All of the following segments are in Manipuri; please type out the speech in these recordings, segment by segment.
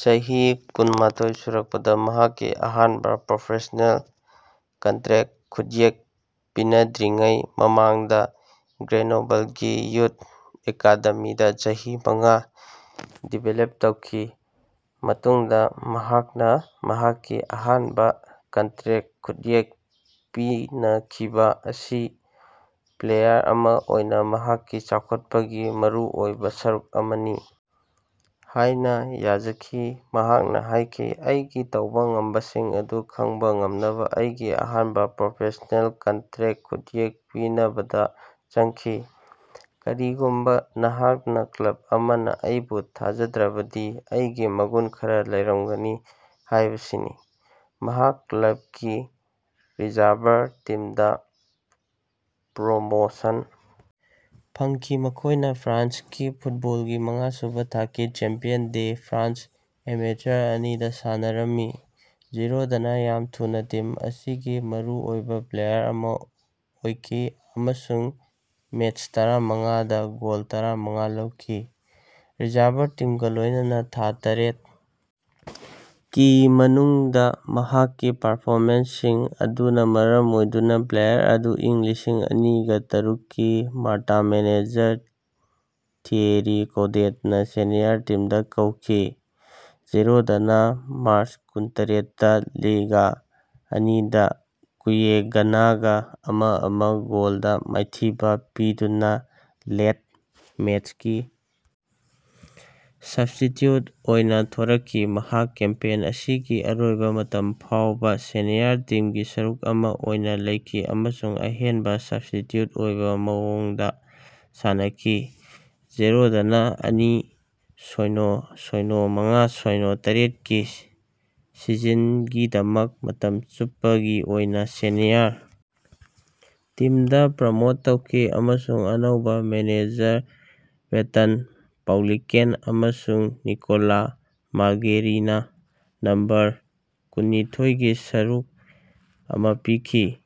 ꯆꯍꯤ ꯀꯨꯟꯃꯊꯣꯢ ꯁꯨꯔꯛꯄꯗꯥ ꯃꯍꯥꯛꯀꯤ ꯑꯍꯥꯟꯕꯥ ꯄ꯭ꯔꯣꯐꯦꯁ꯭ꯅꯦꯜ ꯀꯟꯇ꯭ꯔꯦꯛ ꯈꯨꯠꯌꯦꯛ ꯄꯤꯅꯗ꯭ꯔꯤꯉꯩ ꯃꯃꯥꯡꯗꯥ ꯒ꯭ꯔꯦꯅꯣꯕꯜꯒꯤ ꯌꯨꯊ ꯑꯦꯀꯥꯗꯦꯃꯤꯗꯥ ꯆꯍꯤ ꯃꯉꯥ ꯗꯤꯕꯦꯂꯞ ꯇꯧꯈꯤ꯫ ꯃꯇꯨꯡꯗꯥ ꯃꯍꯥꯛꯅꯥ ꯃꯍꯥꯛꯀꯤ ꯑꯍꯥꯟꯕꯥ ꯀꯟꯇ꯭ꯔꯦꯛ ꯈꯨꯠꯌꯦꯛ ꯄꯤꯅꯈꯤꯕꯥ ꯑꯁꯤ ꯄ꯭ꯂꯦꯌꯥꯔ ꯑꯃꯥ ꯑꯣꯏꯅꯥ ꯃꯍꯥꯛꯀꯤ ꯆꯥꯎꯈꯠꯄꯒꯤ ꯃꯔꯨꯑꯣꯏꯕꯥ ꯁꯔꯨꯛ ꯑꯃꯅꯤ ꯍꯥꯏꯅꯥ ꯌꯥꯖꯈꯤ, ꯃꯍꯥꯛꯅꯥ ꯍꯥꯏꯈꯤ ꯑꯩꯒꯤ ꯇꯧꯕꯥ ꯉꯝꯕꯁꯤꯡ ꯑꯗꯨ ꯈꯪꯕꯥ ꯉꯝꯅꯕꯥ ꯑꯩꯒꯤ ꯑꯍꯥꯟꯕꯥ ꯄ꯭ꯔꯣꯐꯦꯁ꯭ꯅꯦꯜ ꯀꯟꯇ꯭ꯔꯦꯛ ꯈꯨꯠꯌꯦꯛ ꯄꯤꯅꯕꯗꯥ ꯆꯪꯈꯤ꯫ ꯀꯔꯤꯒꯨꯝꯕꯥ ꯅꯍꯥꯛꯅꯥ ꯀ꯭ꯂꯕ ꯑꯃꯅꯥ ꯑꯩꯕꯨ ꯊꯥꯖꯗꯔꯕꯗꯤ, ꯑꯩꯒꯤ ꯃꯒꯨꯟ ꯈꯔꯥ ꯂꯩꯔꯝꯒꯅꯤ ꯍꯥꯏꯕꯁꯤꯅꯤ꯫ ꯃꯍꯥꯛ ꯀ꯭ꯂꯕꯀꯤ ꯔꯤꯖꯔꯚꯔ ꯇꯤꯝꯗꯥ ꯄ꯭ꯔꯣꯃꯣꯁꯟ ꯐꯪꯈꯤ, ꯃꯈꯣꯏꯅꯥ ꯐ꯭ꯔꯥꯟꯁꯀꯤ ꯐꯨꯠꯕꯣꯜꯒꯤ ꯃꯉꯥꯁꯨꯕꯥ ꯊꯥꯛꯀꯤ ꯆꯦꯝꯄꯤꯌꯟ ꯗꯦ ꯐ꯭ꯔꯥꯟꯁ ꯑꯦꯃꯦꯆꯔ ꯑꯅꯤꯗꯥ ꯁꯥꯟꯅꯔꯝꯃꯤ꯫ ꯖꯤꯔꯣꯗꯅꯥ ꯌꯥꯝꯅꯥ ꯊꯨꯅꯥ ꯇꯤꯝ ꯑꯁꯤꯒꯤ ꯃꯔꯨꯑꯣꯏꯕꯥ ꯄ꯭ꯂꯦꯌꯥꯔ ꯑꯃꯥ ꯑꯣꯏꯈꯤ ꯑꯃꯁꯨꯡ ꯃꯦꯆ ꯇꯔꯥꯃꯉꯥ ꯗꯥ ꯒꯣꯜ ꯇꯔꯥꯃꯉꯥ ꯂꯧꯈꯤ꯫ ꯔꯤꯖꯔꯚꯔ ꯇꯤꯝꯒꯥ ꯂꯣꯏꯅꯅꯥ ꯊꯥ ꯇꯔ‌ꯦꯠ ꯀꯤ ꯃꯅꯨꯡꯗꯥ ꯃꯍꯥꯛꯀꯤ ꯄꯔꯐꯣꯃꯦꯟꯁꯁꯤꯡ ꯑꯗꯨꯅꯥ ꯃꯔꯝ ꯑꯣꯏꯗꯨꯅꯥ ꯄ꯭ꯂꯦꯌꯥꯔ ꯑꯗꯨ ꯢꯪ ꯂꯤꯁꯤꯡꯑꯅꯤꯒ ꯇꯔꯨꯛ ꯀꯤ ꯃꯥꯔꯇꯥ ꯃꯦꯅꯦꯖꯔ ꯊꯤꯌꯦꯔꯤ ꯒꯧꯗꯦꯠꯅꯥ ꯁꯦꯅꯤꯌꯔ ꯇꯤꯝꯗꯥ ꯀꯧꯈꯤ꯫ ꯖꯤꯔꯣꯗꯅꯥ ꯃꯥꯔꯆ ꯀꯨꯟꯇꯔꯦꯠꯇꯥ ꯂꯤꯒ ꯑꯅꯤ ꯗꯥ ꯒꯨꯌꯦꯒꯟꯅꯒꯥ ꯑꯃ-ꯑꯃ ꯒꯣꯜꯗꯥ ꯃꯥꯏꯊꯤꯕꯥ ꯄꯤꯗꯨꯅꯥ ꯂꯦꯠ ꯃꯦꯆꯀꯤ ꯁꯞꯁ꯭ꯇꯤꯆ꯭ꯌꯨꯠ ꯑꯣꯏꯅꯥ ꯊꯣꯔꯛꯈꯤ꯫ ꯃꯍꯥꯛ ꯀꯦꯝꯄꯦꯟ ꯑꯁꯤꯒꯤ ꯑꯔꯣꯏꯕꯥ ꯃꯇꯝ ꯐꯥꯎꯕꯥ ꯁꯦꯅꯤꯌꯔ ꯇꯤꯝꯒꯤ ꯁꯔꯨꯛ ꯑꯃꯥ ꯑꯣꯏꯅꯥ ꯂꯩꯈꯤ ꯑꯃꯁꯨꯡ ꯑꯍꯦꯟꯕꯥ ꯁꯞꯁ꯭ꯇꯤꯆ꯭ꯌꯨꯠ ꯑꯣꯏꯕꯥ ꯃꯑꯣꯡꯗꯥ ꯁꯥꯟꯅꯈꯤ꯫ ꯖꯤꯔꯣꯗꯅꯥ ꯑꯅꯤ ꯁꯣꯢꯅꯣ ꯁꯣꯢꯅꯣ ꯃꯉꯥ ꯁꯣꯢꯅꯣ ꯇꯔꯦꯠꯀꯤ ꯁꯤꯖꯟꯒꯤꯗꯃꯛ ꯃꯇꯝ ꯆꯨꯞꯄꯒꯤ ꯑꯣꯏꯅꯥ ꯁꯦꯅꯤꯌꯔ ꯇꯤꯝꯗꯥ ꯄ꯭ꯔꯣꯃꯣꯠ ꯇꯧꯈꯤ ꯑꯃꯁꯨꯡ ꯑꯅꯧꯕꯥ ꯃꯦꯅꯦꯖꯔ ꯄꯦꯇꯟ ꯄꯧꯂꯤꯀꯦꯟ ꯑꯃꯁꯨꯡ ꯅꯤꯀꯣꯂꯥ ꯃꯥꯜꯒꯦꯔꯤꯅꯥ ꯅꯝꯕꯔ ꯀꯨꯟꯅꯤꯊꯣꯢꯒꯤ ꯁꯔꯨꯛ ꯑꯃꯥ ꯄꯤꯈꯤ꯫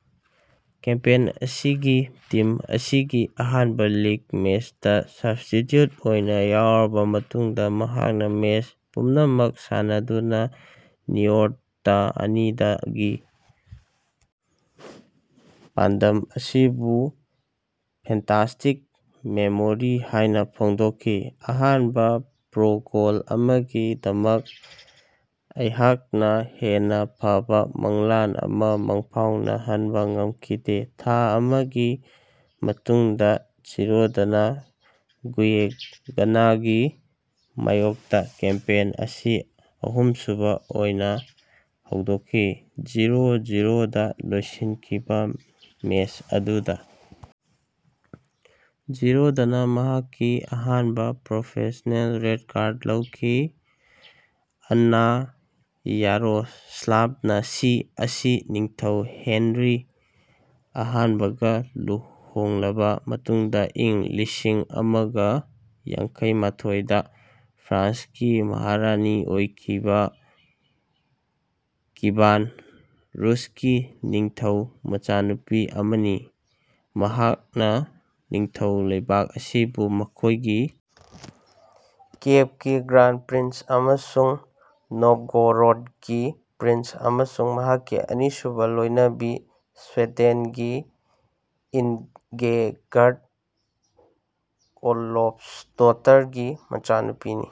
ꯀꯦꯝꯄꯦꯟ ꯑꯁꯤꯒꯤ ꯇꯤꯝ ꯑꯁꯤꯒꯤ ꯑꯍꯥꯟꯕꯥ ꯂꯤꯒ ꯃꯦꯆꯇꯥ ꯁꯕ꯭ꯁ꯭ꯇꯤꯆ꯭ꯌꯨꯠ ꯑꯣꯏꯅꯥ ꯌꯥꯎꯔꯕꯥ ꯃꯇꯨꯡꯗꯥ ꯃꯍꯥꯛꯅꯥ ꯃꯦꯆ ꯄꯨꯝꯅꯃꯛ ꯁꯥꯟꯅꯗꯨꯅꯥ ꯅꯤꯑꯣꯔꯇꯇꯥ ꯑꯅꯤꯗꯒꯤ ꯄꯥꯟꯗꯝ ꯑꯁꯤꯕꯨ ꯐꯦꯟꯇꯥꯁꯇꯤꯛ ꯃꯦꯃꯣꯔꯤ ꯍꯥꯏꯅꯥ ꯐꯣꯡꯗꯣꯛꯈꯤ꯫ ꯑꯍꯥꯟꯕꯥ ꯄ꯭ꯔꯣ ꯒꯣꯜ ꯑꯃꯒꯤꯗꯃꯛ ꯑꯩꯍꯥꯛꯅꯥ ꯍꯦꯟꯅꯥ ꯐꯕꯥ ꯃꯪꯂꯥꯟ ꯑꯃꯥ ꯃꯪꯐꯥꯎꯅꯍꯟꯕꯥ ꯉꯝꯈꯤꯗꯦ꯫ ꯊꯥ ꯑꯃꯒꯤ ꯃꯇꯨꯡꯗꯥ ꯖꯤꯔꯣꯗꯅꯥ ꯒꯨꯌꯦꯒꯟꯅꯒꯤ ꯃꯥꯌꯣꯛꯇꯥ ꯀꯦꯝꯄꯦꯟ ꯑꯁꯤ ꯑꯍꯨꯝꯁꯨꯕꯥ ꯑꯣꯏꯅꯥ ꯍꯧꯗꯣꯛꯈꯤ꯫ ꯖꯤꯔꯣ-ꯖꯤꯔꯣ ꯗꯥ ꯂꯣꯏꯁꯤꯟꯈꯤꯕꯥ ꯃꯦꯆ ꯑꯗꯨꯗꯥ ꯖꯤꯔꯣꯗꯅꯥ ꯃꯍꯥꯛꯀꯤ ꯑꯍꯥꯟꯕꯥ ꯄ꯭ꯔꯣꯐꯦꯁ꯭ꯅꯦꯜ ꯔꯦꯗ ꯀꯥꯔꯗ ꯂꯧꯈꯤ꯫ ꯑꯟꯅꯥ ꯌꯥꯔꯣꯁ꯭ꯂꯥꯚꯅꯥ (ꯁꯤ) ꯑꯁꯤ ꯅꯤꯡꯊꯧ ꯍꯦꯟꯔꯤ ꯑꯍꯥꯟꯕꯒ ꯂꯨꯍꯣꯡꯂꯕ ꯃꯇꯨꯡꯗ ꯏꯪ ꯂꯤꯁꯤꯡꯑꯃꯒ ꯌꯥꯡꯈꯩꯃꯊꯣꯢ ꯗ ꯐ꯭ꯔꯥꯟꯁꯀꯤ ꯃꯍꯥꯔꯥꯅꯤ ꯑꯣꯏꯈꯤꯕ ꯀꯤꯚꯥꯟ ꯔꯨꯁꯀꯤ ꯅꯤꯡꯊꯧ ꯃꯆꯥꯅꯨꯄꯤ ꯑꯃꯅꯤ꯫ ꯃꯍꯥꯛꯅ ꯅꯤꯡꯊꯧ ꯂꯩꯕꯥꯛ ꯑꯁꯤꯕꯨ ꯃꯈꯣꯏꯒꯤ ꯀꯤꯑꯦꯚꯀꯤ ꯒ꯭ꯔꯥꯟꯗ ꯄ꯭ꯔꯤꯟꯁ ꯑꯃꯁꯨꯡ ꯅꯣꯚꯒꯣꯔꯣꯗꯀꯤ ꯄ꯭ꯔꯤꯟꯁ, ꯑꯃꯁꯨꯡ ꯃꯍꯥꯛꯀꯤ ꯑꯅꯤꯁꯨꯕ ꯂꯣꯏꯅꯕꯤ ꯁ꯭ꯋꯤꯗꯦꯟꯒꯤ ꯏꯟꯒꯦꯒꯔ꯭ꯗ ꯑꯣꯂꯣꯐꯁꯗꯣꯇꯔꯒꯤ ꯃꯆꯥꯅꯨꯄꯤꯅꯤ꯫